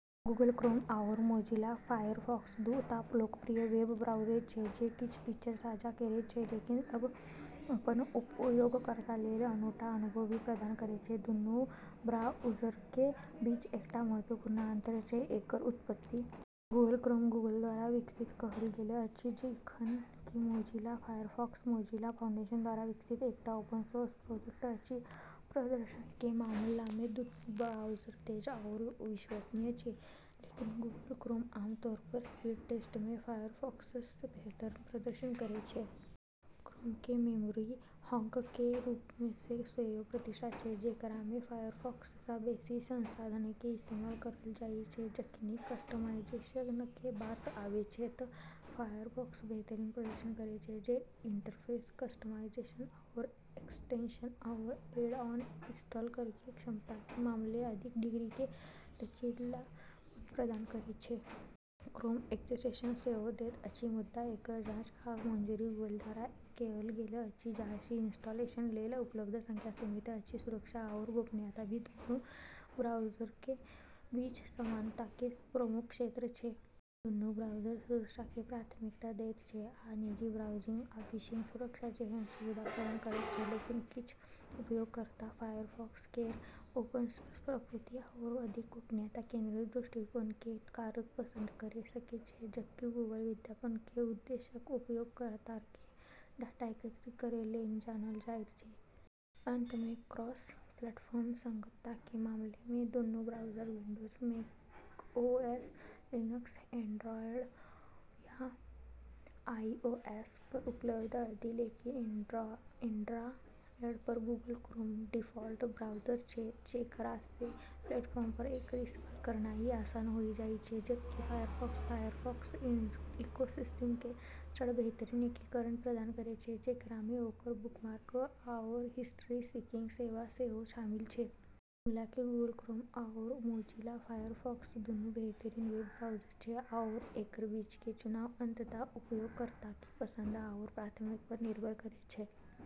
Google Chrome आओर Mozilla Firefox दू ता लोकप्रिय वेब ब्राउज़र छै जे किछ फीचर साझा करै छै, लेकिन अपन उपयोगकर्ता लेल अनूठा अनुभव भी प्रदान करै छै। दुन्नू ब्राउज़रके बीच एकटा महत्वपूर्ण अंतर छै एकर उत्पत्ति। गूगल क्रोम गूगल द्वारा विकसित कएल गेल अछि, जखन कि मोजिला फायरफॉक्स मोजिला फाउंडेशन द्वारा विकसित एकटा ओपन-सोर्स प्रोजेक्ट अछि। प्रदर्शनके मामलामे दुन्नू ब्राउज़र तेज आओर विश्वसनीय छै, लेकिन गूगल क्रोम आम तौर पर स्पीड टेस्टमे फायरफॉक्ससँ बेहतर प्रदर्शन करै छै। क्रोमके मेमोरी हॉगके रूपमे सेहो प्रतिष्ठा छै, जेकरामे फायरफॉक्ससँ बेशी संसाधनके इस्तेमाल करल जाइ छै। जखनि कस्टमाइजेशनके बात आबै छै त' फायरफॉक्स बेहतरीन प्रदर्शन करै छै, जे इंटरफेस कस्टमाइजेशन आओर एक्सटेंशन आओर ऐड-ऑन इंस्टॉल करैके क्षमताके मामलामे अधिक डिग्रीके लचीलापन प्रदान करै छै। क्रोम एक्सटेंशन सेहो दैत अछि, मुदा एकर जाँच आ मंजूरी गूगल द्वारा कएल गेल अछि, जाहिसँ इंस्टॉलेशन लेल उपलब्ध संख्या सीमित अछि। सुरक्षा आओर गोपनीयता भी दुन्नू ब्राउज़रके बीच समानताके प्रमुख क्षेत्र छै। दुन्नू ब्राउज़र सुरक्षाके प्राथमिकता दैत छै आ निजी ब्राउजिंग आ फिशिंग सुरक्षा जेहन सुविधा प्रदान करैत छै। लेकिन किछ उपयोगकर्ता फायरफॉक्स केर ओपन-सोर्स प्रकृति आओर अधिक गोपनीयता केंद्रित दृष्टिकोणके कारण पसंद करि सकै छै, जबकि गूगल विज्ञापनके उद्देश्यसँ उपयोगकर्ताके डाटा एकत्रित करै लेल जानल जाइत छै। अंत में, क्रॉस-प्लेटफॉर्म संगतताके मामलामे, दुन्नू browser Windows, mac OS, Linux, Android, आ आईओएस पर उपलब्ध अछि। लेकिन एंड्रॉयड पर गूगल क्रोम डिफ़ॉल्ट ब्राउज़र छै, जेकरासँ प्लेटफॉर्म पर एकर इस्तेमाल करनाइ आसान होइ जाइ छै, जबकि फायरफॉक्स, फायरफॉक्स इकोसिस्टमके सङ्ग बेहतर एकीकरण प्रदान करै छै, जेकरामे ओकर बुकमार्क आओर हिस्ट्री सिंकिंग सेवा सेहो शामिल छै। कुल मिलाके गूगल क्रोम आओर मोजिला फायरफॉक्स दुन्नू बेहतरीन वेब ब्राउज़र छै, आओर एकर बीचके चुनाव अंततः उपयोगकर्ताके पसंद आओर प्राथमिकता पर निर्भर करै छै।